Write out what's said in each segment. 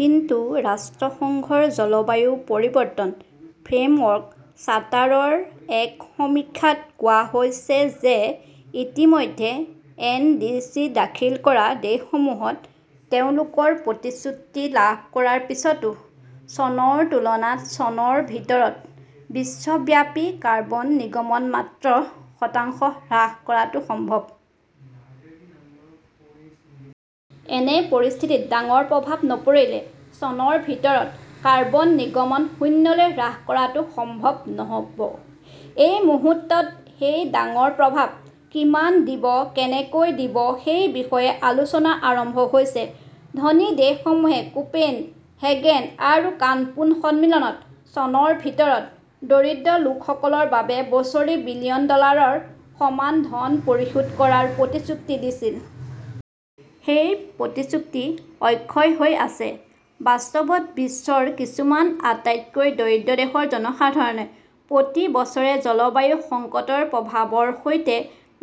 কিন্তু ৰাষ্ট্ৰসংঘৰ জলবায়ু পৰিৱৰ্তন ফ্ৰেমৱৰ্ক চাৰ্টাৰ ৰ এক সমীক্ষাত কোৱা হৈছে যে ইতিমধ্যে এন. ডি. চি. দাখিল কৰা দেশসমূহে তেওঁলোকৰ প্ৰতিশ্ৰুতি লাভ কৰাৰ পিছতো চনৰ তুলনাত চনৰ ভিতৰত বিশ্বব্যাপী কাৰ্বন নিৰ্গমন মাত্ৰ শতাংশ হ্ৰাস কৰাটো সম্ভৱ। এনে পৰিস্থিতিত ডাঙৰ প্ৰভাৱ নপৰিলে চনৰ ভিতৰত কাৰ্বন নিৰ্গমন শূন্যলৈ হ্ৰাস কৰাটো সম্ভৱ নহ "ব। এই মুহূৰ্তত সেই ডাঙৰ প্ৰভাৱ কিমান দিব, কেনেকৈ দিব সেই বিষয়ে আলোচনা আৰম্ভ হৈছে। ধনী দেশসমূহে কোপেন হেগেন আৰু কানকুন সন্মিলনত চনৰ ভিতৰত দৰিদ্ৰ লোকসকলৰ বাবে বছৰি বিলিয়ন ডলাৰৰ সমান ধন পৰিশোধ কৰাৰ প্ৰতিশ্ৰুতি দিছিল। সেই প্ৰতিশ্ৰুতি অক্ষত হৈ আছে। বাস্তৱত, বিশ্বৰ কিছুমান আটাইতকৈ দৰিদ্ৰ দেশৰ জনসাধাৰণে প্ৰতি বছৰে জলবায়ু সংকটৰ প্ৰভাৱৰ সৈতে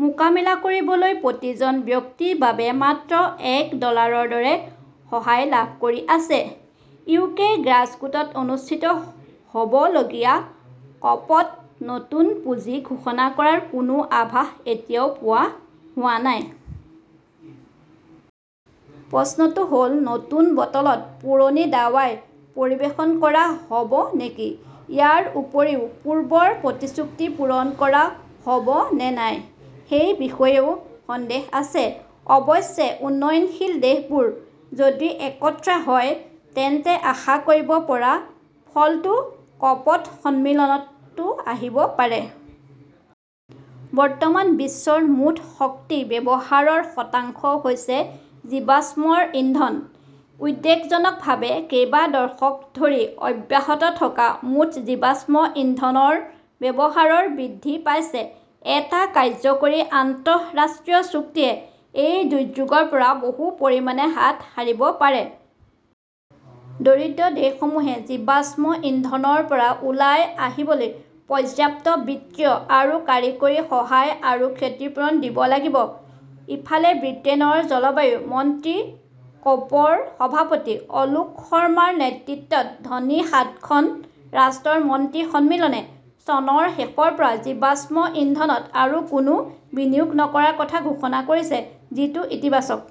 মোকাবিলা কৰিবলৈ প্ৰতিজন ব্যক্তিৰ বাবে মাত্ৰ এক ডলাৰৰ দৰে সহায় লাভ কৰি আছে! ইউকেৰ গ্লাছগোত অনুষ্ঠিত হ "বলগীয়া ক" প- ত নতুন পুঁজি ঘোষণা কৰাৰ কোনো আভাস এতিয়াও পোৱা হোৱা নাই। প্ৰশ্নটো হ 'ল, নতুন বটলত পুৰণি দাৱাই পৰিৱেশন কৰা হ' ব নেকি? ইয়াৰ উপৰিও পূৰ্বৰ প্ৰতিশ্ৰুতি পূৰণ কৰা হ "ব নে নাই সেই বিষয়েও সন্দেহ আছে। অৱশ্যে, উন্নয়নশীল দেশবোৰ যদি একট্টা হয় তেন্তে আশা কৰিব পৰা ফলটো ক 'প- সন্মিলনতও আহিব পাৰে। বৰ্তমান বিশ্বৰ মুঠ শক্তি ব্যৱহাৰৰ শতাংশ হৈছে জীৱাশ্ম ইন্ধন। উদ্বেগজনকভাৱে, কেইবা দশক ধৰি অব্যাহত থকা মুঠ জীৱাশ্ম ইন্ধনৰ ব্যৱহাৰ বৃদ্ধি পাইছে। এটা কাৰ্যকৰী আন্তঃৰাষ্ট্ৰীয় চুক্তিয়ে এই দুৰ্যোগৰ পৰা বহু পৰিমাণে হাত সাৰিব পাৰে। দৰিদ্ৰ দেশসমূহে জীৱাশ্ম ইন্ধনৰ পৰা ওলাই আহিবলৈ পৰ্যাপ্ত বিত্তীয় আৰু কাৰিকৰী সহায় আৰু ক্ষতিপূৰণ দিব লাগিব। ইফালে, ব্ৰিটেইনৰ জলবায়ু মন্ত্ৰী কপ- ৰ সভাপতি অলোক শৰ্মাৰ নেতৃত্বত ধনী সাতখন ৰাষ্ট্ৰৰ মন্ত্ৰী সন্মিলনে চনৰ শেষৰ পৰা জীৱাশ্ম ইন্ধনত আৰু কোনো বিনিয়োগ নকৰাৰ কথা ঘোষণা কৰিছে, যিটো ইতিবাচক।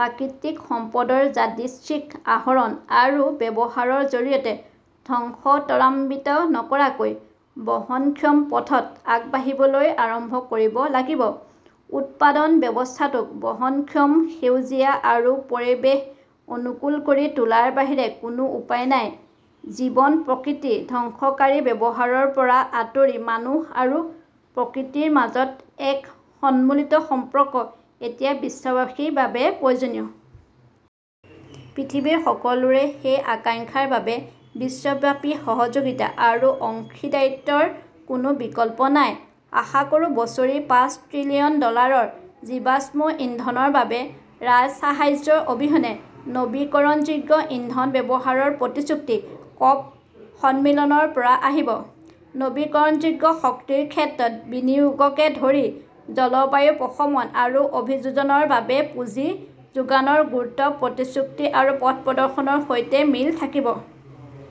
প্ৰাকৃতিক সম্পদৰ যাদৃচ্ছিক আহৰণ আৰু ব্যৱহাৰৰ জৰিয়তে ধ্বংস ত্বৰান্বিত নকৰাকৈ বহনক্ষম পথত আগবাঢ়িবলৈ আৰম্ভ কৰিব লাগিব। উৎপাদন ব্যৱস্থাটোক বহনক্ষম, সেউজীয়া আৰু পৰিৱেশ অনুকূল কৰি তোলাৰ বাহিৰে কোনো উপায় নাই। জীৱন-প্ৰকৃতি ধ্বংসকাৰী ব্যৱস্থাৰ পৰা আঁতৰি মানুহ আৰু প্ৰকৃতিৰ মাজত এক সন্তুলিত সম্পৰ্ক এতিয়া বিশ্ববাসীৰ বাবে প্ৰয়োজনীয়। পৃথিৱীৰ সকলোৰে এই আকাংক্ষাৰ বাবে বিশ্বব্যাপী সহযোগিতা আৰু অংশীদাৰিত্বৰ কোনো বিকল্প নাই। আশা কৰোঁ-বছৰি পাঁচ ত্ৰিলিয়ন ডলাৰৰ জীৱাশ্ম ইন্ধনৰ বাবে ৰাজসাহায্য অবিহনে নৱীকৰণযোগ্য ইন্ধন ব্যৱহাৰৰ প্ৰতিশ্ৰুতি কপ- সন্মিলনৰ পৰা আহিব। নৱীকৰণযোগ্য শক্তিৰ ক্ষেত্ৰত বিনিয়োগকে ধৰি জলবায়ু প্ৰশমন আৰু অভিযোজনৰ বাবে পুঁজি যোগানৰ গুৰুত্ব প্ৰতিশ্ৰুতি আৰু পথ প্ৰদৰ্শনৰ সৈতে মিল থাকিব।